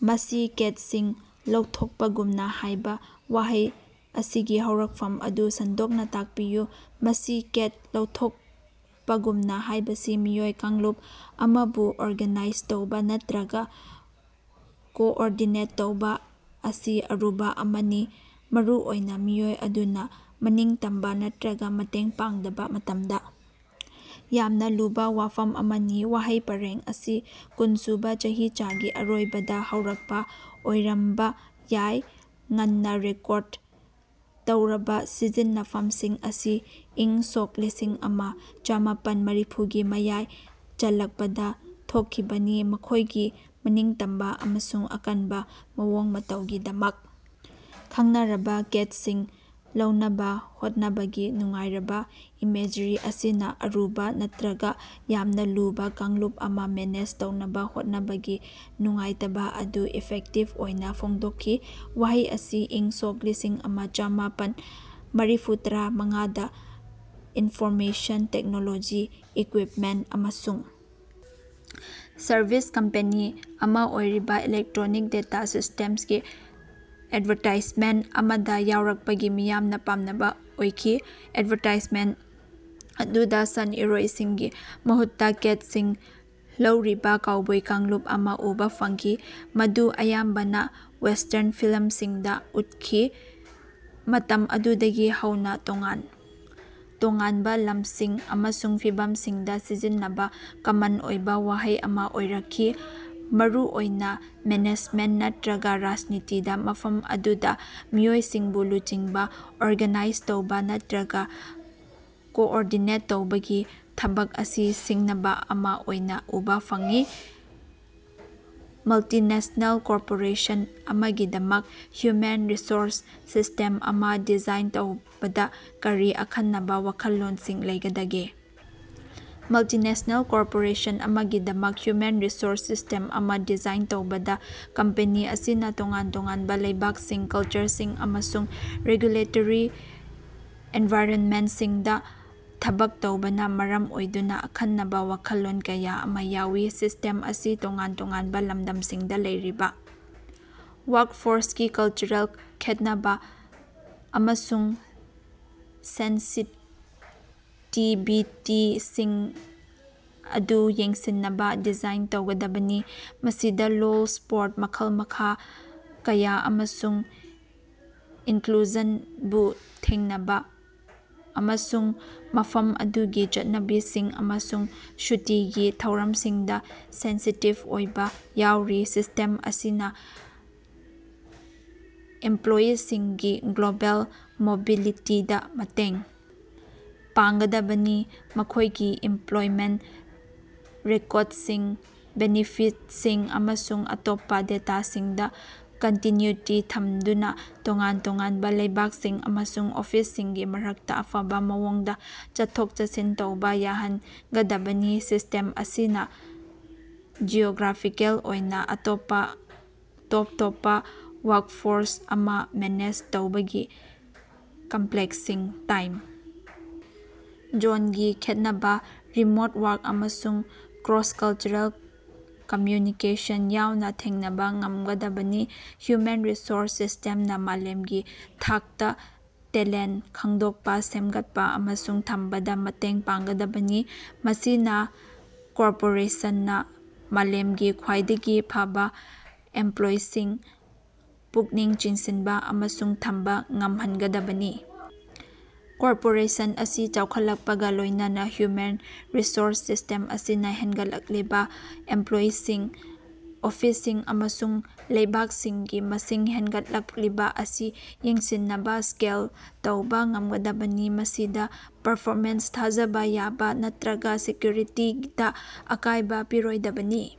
ꯃꯁꯤ ꯀꯦꯠꯁꯤꯡ ꯂꯧꯊꯣꯛꯄꯒꯨꯝꯅꯥ ꯍꯥꯏꯕꯥ ꯋꯥꯍꯩ ꯑꯁꯤꯒꯤ ꯍꯧꯔꯛꯐꯝ ꯑꯗꯨ ꯁꯟꯗꯣꯛꯅꯥ ꯇꯥꯛꯄꯤꯌꯨ꯫ ꯃꯁꯤ ꯀꯦꯠ ꯂꯧꯊꯣꯛꯄꯒꯨꯝꯅꯥ ꯍꯥꯏꯕꯁꯤ ꯃꯤꯑꯣꯏ ꯀꯥꯡꯂꯨꯞ ꯑꯃꯕꯨ ꯑꯣꯔꯒꯥꯅꯥꯏꯖ ꯇꯧꯕꯥ ꯅꯠꯇ꯭ꯔꯒꯥ ꯀꯣꯑꯣꯔꯗꯤꯅꯦꯠ ꯇꯧꯕꯥ ꯑꯁꯤ ꯑꯔꯨꯕꯥ ꯑꯃꯅꯤ, ꯃꯔꯨꯑꯣꯏꯅꯥ ꯃꯤꯑꯣꯏ ꯑꯗꯨꯅꯥ ꯃꯅꯤꯡꯇꯝꯕꯥ ꯅꯠꯇ꯭ꯔꯒꯥ ꯃꯇꯦꯡ ꯄꯥꯡꯗꯕꯥ ꯃꯇꯝꯗꯥ ꯌꯥꯝꯅꯥ ꯂꯨꯕꯥ ꯋꯥꯐꯝ ꯑꯃꯅꯤ꯫ ꯋꯥꯍꯩ ꯄꯔꯦꯡ ꯑꯁꯤ ꯀꯨꯟꯁꯨꯕꯥ ꯆꯍꯤꯆꯥꯒꯤ ꯑꯔꯣꯏꯕꯗꯥ ꯍꯧꯔꯛꯄꯥ ꯑꯣꯏꯔꯝꯕꯥ ꯌꯥꯏ, ꯉꯟꯅꯥ ꯔꯦꯀꯣꯔꯗ ꯇꯧꯔꯕꯥ ꯁꯤꯖꯤꯟꯅꯐꯝꯁꯤꯡ ꯑꯁꯤ ꯏꯪ ꯁꯣꯛ ꯂꯤꯁꯤꯡ ꯑꯃꯥ ꯆꯥꯝꯃꯥꯄꯟ ꯃꯔꯤꯐꯨꯒꯤ ꯃꯌꯥꯏ ꯆꯜꯂꯛꯄꯗꯥ ꯊꯣꯛꯈꯤꯕꯅꯤ꯫ ꯃꯈꯣꯏꯒꯤ ꯃꯅꯤꯡꯇꯝꯕꯥ ꯑꯃꯁꯨꯡ ꯑꯀꯟꯕꯥ ꯃꯑꯣꯡ ꯃꯇꯧꯒꯤꯗꯃꯛ ꯈꯪꯅꯔꯕꯥ ꯀꯦꯠꯁꯤꯡ ꯂꯧꯅꯕꯥ ꯍꯣꯠꯅꯕꯒꯤ ꯅꯨꯡꯉꯥꯏꯔꯕꯥ ꯏꯃꯦꯖꯔꯤ ꯑꯁꯤꯅꯥ ꯑꯔꯨꯕꯥ ꯅꯠꯇ꯭ꯔꯒꯥ ꯌꯥꯝꯅꯥ ꯂꯨꯕꯥ ꯀꯥꯡꯂꯨꯞ ꯑꯃꯥ ꯃꯦꯅꯦꯖ ꯇꯧꯅꯕꯥ ꯍꯣꯠꯅꯕꯒꯤ ꯅꯨꯡꯉꯥꯏꯇꯕꯥ ꯑꯗꯨ ꯏꯐꯦꯛꯇꯤꯞ ꯑꯣꯏꯅꯥ ꯐꯣꯡꯗꯣꯛꯈꯤ꯫ ꯋꯥꯍꯩ ꯑꯁꯤ ꯏꯪ ꯁꯣꯛ ꯂꯤꯁꯤꯡ ꯑꯃꯥ ꯆꯥꯝꯃꯥꯄꯟ ꯃꯔꯤꯐꯨꯇꯔꯥꯃꯉꯥꯗꯥ ꯏꯟꯐꯣꯔꯃꯦꯁꯟ ꯇꯦꯛꯅꯣꯂꯣꯖꯤ ꯏꯀ꯭ꯋꯤꯞꯃꯦꯟ ꯑꯃꯁꯨꯡ ꯁꯔꯕꯤꯁ ꯀꯝꯄꯦꯅꯤ ꯑꯃꯥ ꯑꯣꯏꯔꯤꯕꯥ ꯏꯂꯦꯛꯇ꯭ꯔꯣꯅꯤꯛ ꯗꯦꯇꯥ ꯁꯤꯁ꯭ꯇꯦꯝꯁꯒꯤ ꯑꯦꯠꯚꯥꯔꯇꯥꯏꯖꯃꯦꯟꯇ ꯑꯃꯗꯥ ꯌꯥꯎꯔꯛꯄꯗꯒꯤ ꯃꯤꯌꯥꯝꯅꯥ ꯄꯥꯝꯅꯕꯥ ꯑꯣꯏꯈꯤ꯫ ꯑꯦꯠꯚꯥꯔꯇꯥꯏꯖꯃꯦꯟꯇ ꯑꯗꯨꯗꯥ ꯁꯟ-ꯏꯔꯣꯏꯁꯤꯡꯒꯤ ꯃꯍꯨꯠꯇꯥ ꯀꯦꯠꯁꯤꯡ ꯂꯧꯔꯤꯕꯥ ꯀꯥꯎꯕꯣꯏ ꯀꯥꯡꯂꯨꯞ ꯑꯃꯥ ꯎꯕꯥ ꯐꯪꯈꯤ, ꯃꯗꯨ ꯑꯌꯥꯝꯕꯅꯥ ꯋꯦꯁꯇ꯭ꯔꯟ ꯐꯤꯂꯝꯁꯤꯡꯗꯥ ꯎꯠꯈꯤ꯫ ꯃꯇꯝ ꯑꯗꯨꯗꯒꯤ ꯍꯧꯅꯥ ꯇꯣꯉꯥꯟ ꯇꯣꯉꯥꯟꯕꯥ ꯂꯝꯁꯤꯡ ꯑꯃꯁꯨꯡ ꯐꯤꯚꯝꯁꯤꯡꯗꯥ ꯁꯤꯖꯤꯟꯅꯕꯥ ꯀꯃꯟ ꯑꯣꯏꯕꯥ ꯋꯥꯍꯩ ꯑꯃꯥ ꯑꯣꯏꯔꯛꯈꯤ, ꯃꯔꯨꯑꯣꯏꯅꯥ ꯃꯦꯅꯦꯖꯃꯦꯟ ꯅꯠꯇ꯭ꯔꯒꯥ ꯔꯥꯖꯅꯤꯇꯤꯗꯥ, ꯃꯐꯝ ꯑꯗꯨꯗꯥ ꯃꯤꯑꯣꯏꯁꯤꯡꯕꯨ ꯂꯨꯆꯤꯡꯕꯥ, ꯑꯣꯔꯒꯅꯥꯏꯖ ꯇꯧꯕꯥ ꯅꯠꯇ꯭ꯔꯒꯥ ꯀꯣꯑꯣꯔꯗꯤꯅꯦꯠ ꯇꯧꯕꯒꯤ ꯊꯕꯛ ꯑꯁꯤ ꯁꯤꯡꯅꯕꯥ ꯑꯃꯥ ꯑꯣꯏꯅꯥ ꯎꯕꯥ ꯐꯪꯏ꯫ ꯃꯜꯇꯤꯅꯦꯁꯅꯦꯜ ꯀꯣꯔꯄꯣꯔꯦꯁꯟ ꯑꯃꯒꯤꯗꯃꯛ ꯍ꯭ꯌꯨꯃꯦꯟ ꯔꯤꯁꯣꯔꯁ ꯁꯤꯁꯇꯦꯝ ꯑꯃꯥ ꯗꯤꯖꯥꯏꯟ ꯇꯧꯕꯗꯥ ꯀꯔꯤ ꯑꯈꯟꯅꯕꯥ ꯋꯥꯈꯜꯂꯣꯟꯁꯤꯡ ꯂꯩꯒꯗꯒꯦ? ꯃꯜꯇꯤꯅꯦꯁꯅꯦꯜ ꯀꯣꯔꯄꯣꯔꯦꯁꯟ ꯑꯃꯒꯤꯗꯃꯛ ꯍ꯭ꯌꯨꯃꯦꯟ ꯔꯤꯁꯣꯔꯁ ꯁꯤꯁ꯭ꯇꯦꯝ ꯑꯃꯥ ꯗꯤꯖꯥꯏꯟ ꯇꯧꯕꯗꯥ ꯀꯝꯄꯦꯅꯤ ꯑꯁꯤꯅꯥ ꯇꯣꯉꯥꯟ ꯇꯣꯉꯥꯟꯕꯥ ꯂꯩꯕꯥꯛꯁꯤꯡ, ꯀꯜꯆꯔꯁꯤꯡ ꯑꯃꯁꯨꯡ ꯔꯦꯒꯨꯂꯦꯇꯔꯤ ꯑꯦꯟꯚꯥꯏꯔꯟꯃꯦꯟꯁꯤꯡꯗꯥ ꯊꯕꯛ ꯇꯧꯕꯅꯥ ꯃꯔꯝ ꯑꯣꯏꯗꯨꯅꯥ ꯑꯈꯟꯅꯕꯥ ꯋꯥꯈꯜꯂꯣꯟ ꯀꯌꯥ ꯑꯃꯥ ꯌꯥꯎꯏ꯫ ꯁꯤꯁꯇꯦꯝ ꯑꯁꯤ ꯇꯣꯉꯥꯟ ꯇꯣꯉꯥꯟꯕꯥ ꯂꯝꯗꯝꯁꯤꯡꯗꯥ ꯂꯩꯔꯤꯕꯥ ꯋꯥꯛꯐꯣꯔꯁꯀꯤ ꯀꯜꯆꯔꯦꯜ ꯈꯦꯠꯅꯕꯥ ꯑꯃꯁꯨꯡ ꯁꯦꯟꯁꯤꯇꯤꯕꯤꯇꯤꯁꯤꯡ ꯑꯗꯨ ꯌꯦꯡꯁꯤꯟꯅꯕꯥ ꯗꯤꯖꯥꯏꯟ ꯇꯧꯒꯗꯕꯅꯤ꯫ ꯃꯁꯤꯗꯥ ꯂꯣꯜ, ꯁ꯭ꯄꯣꯔꯠ, ꯃꯈꯜ-ꯃꯈꯥ ꯀꯌꯥ ꯑꯃꯁꯨꯡ ꯏꯟꯀ꯭ꯂꯨꯖꯟꯕꯨ ꯊꯦꯡꯅꯕꯥ ꯑꯃꯁꯨꯡ ꯃꯐꯝ ꯑꯗꯨꯒꯤ ꯆꯠꯅꯕꯤꯁꯤꯡ ꯑꯃꯁꯨꯡ ꯁꯨꯇꯤꯒꯤ ꯊꯧꯔꯝꯁꯤꯡꯗꯥ ꯁꯦꯟꯁꯤꯇꯤꯞ ꯑꯣꯏꯕꯥ ꯌꯥꯎꯔꯤ꯫ ꯁꯤꯁꯇꯦꯝ ꯑꯁꯤꯅꯥ ꯏꯝꯄ꯭ꯂꯣꯌꯤꯁꯤꯡꯒꯤ ꯒ꯭ꯂꯣꯕꯦꯜ ꯃꯣꯕꯤꯂꯤꯇꯤꯗꯥ ꯃꯇꯦꯡ ꯄꯥꯡꯒꯗꯕꯅꯤ, ꯃꯈꯣꯏꯒꯤ ꯏꯝꯄ꯭ꯂꯣꯏꯃꯦꯟ ꯔꯦꯀꯣꯠꯁꯤꯡ, ꯕꯦꯅꯤꯐꯤꯠꯁꯤꯡ ꯑꯃꯁꯨꯡ ꯑꯇꯣꯞꯄꯥ ꯗꯦꯇꯥꯁꯤꯡꯗꯥ ꯀꯟꯇꯤꯅ꯭ꯌꯨꯇꯤ ꯊꯝꯗꯨꯅꯥ ꯇꯣꯉꯥꯟ ꯇꯣꯉꯥꯟꯕꯥ ꯂꯩꯕꯥꯛꯁꯤꯡ ꯑꯃꯁꯨꯡ ꯑꯣꯐꯤꯁꯁꯤꯡꯒꯤ ꯃꯔꯛꯇꯥ ꯑꯐꯕꯥ ꯃꯑꯣꯡꯗꯥ ꯆꯠꯊꯣꯛ-ꯆꯠꯁꯤꯟ ꯇꯧꯕꯥ ꯌꯥꯍꯟꯒꯗꯕꯅꯤ꯫ ꯁꯤꯁꯇꯦꯝ ꯑꯁꯤꯅꯥ ꯖꯤꯑꯣꯒ꯭ꯔꯥꯐꯤꯀꯦꯜ ꯑꯣꯏꯅꯥ ꯑꯇꯣꯞꯄ ꯇꯣꯞ ꯇꯣꯞꯄꯥ ꯋꯥꯛꯐꯣꯔꯁ ꯑꯃꯥ ꯃꯦꯅꯦꯖ ꯇꯧꯕꯒꯤ ꯀꯝꯄ꯭ꯂꯦꯛꯁꯁꯤꯡ, ꯇꯥꯏꯝ ꯖꯣꯟꯒꯤ ꯈꯦꯠꯅꯕꯥ, ꯔꯤꯃꯣꯠ ꯋꯥꯔꯛ ꯑꯃꯁꯨꯡ ꯀ꯭ꯔꯣꯁ-ꯀꯜꯆꯔꯦꯜ ꯀꯝꯃ꯭ꯌꯨꯅꯤꯀꯦꯁꯟ ꯌꯥꯎꯅꯥ ꯊꯦꯡꯅꯕꯥ ꯉꯝꯒꯗꯕꯅꯤ꯫ ꯍ꯭ꯌꯨꯃꯦꯟ ꯔꯤꯁꯣꯔꯁ ꯁꯤꯁꯇꯦꯝꯅꯥ ꯃꯥꯂꯦꯝꯒꯤ ꯊꯥꯛꯇꯥ ꯇꯦꯂꯦꯟ ꯈꯪꯗꯣꯛꯄꯥ, ꯁꯦꯝꯒꯠꯄꯥ ꯑꯃꯁꯨꯡ ꯊꯝꯕꯗꯥ ꯃꯇꯦꯡ ꯄꯥꯡꯒꯗꯕꯅꯤ, ꯃꯁꯤꯅꯥ ꯀꯣꯔꯄꯣꯔꯦꯁꯟꯅꯥ ꯃꯥꯂꯦꯝꯒꯤ ꯈ꯭ꯋꯥꯏꯗꯒꯤ ꯐꯕꯥ ꯑꯦꯝꯄ꯭ꯂꯣꯏꯁꯤꯡ ꯄꯨꯛꯅꯤꯡ ꯆꯤꯡꯁꯤꯟꯕꯥ ꯑꯃꯁꯨꯡ ꯊꯝꯕꯥ ꯉꯝꯍꯟꯒꯗꯕꯅꯤ꯫ ꯀꯣꯔꯄꯣꯔꯦꯁꯟ ꯑꯁꯤ ꯆꯥꯎꯈꯠꯂꯛꯄꯒꯥ ꯂꯣꯏꯅꯅꯥ, ꯍ꯭ꯌꯨꯃꯦꯟ ꯔꯤꯁꯣꯔꯁ ꯁꯤꯁ꯭ꯇꯦꯝ ꯑꯁꯤꯅꯥ ꯍꯦꯟꯒꯠꯂꯛꯂꯤꯕꯥ ꯑꯦꯝꯄ꯭ꯂꯣꯌꯤꯁꯤꯡ, ꯑꯣꯐꯤꯁꯁꯤꯡ ꯑꯃꯁꯨꯡ ꯂꯩꯕꯥꯛꯁꯤꯡꯒꯤ ꯃꯁꯤꯡ ꯍꯦꯟꯒꯠꯂꯛꯂꯤꯕꯥ ꯑꯁꯤ ꯌꯦꯡꯁꯤꯟꯅꯕꯥ ꯁ꯭ꯀꯦꯜ ꯇꯧꯕꯥ ꯉꯝꯒꯗꯕꯅꯤ, ꯃꯁꯤꯗꯥ ꯄꯔꯐꯣꯃꯦꯟꯁ, ꯊꯥꯖꯕꯥ ꯌꯥꯕꯥ ꯅꯠꯇ꯭ꯔꯒꯥ ꯁꯦꯀ꯭ꯌꯨꯔꯤꯇꯤꯗꯥ ꯑꯀꯥꯏꯕꯥ ꯄꯤꯔꯣꯏꯗꯕꯅꯤ꯫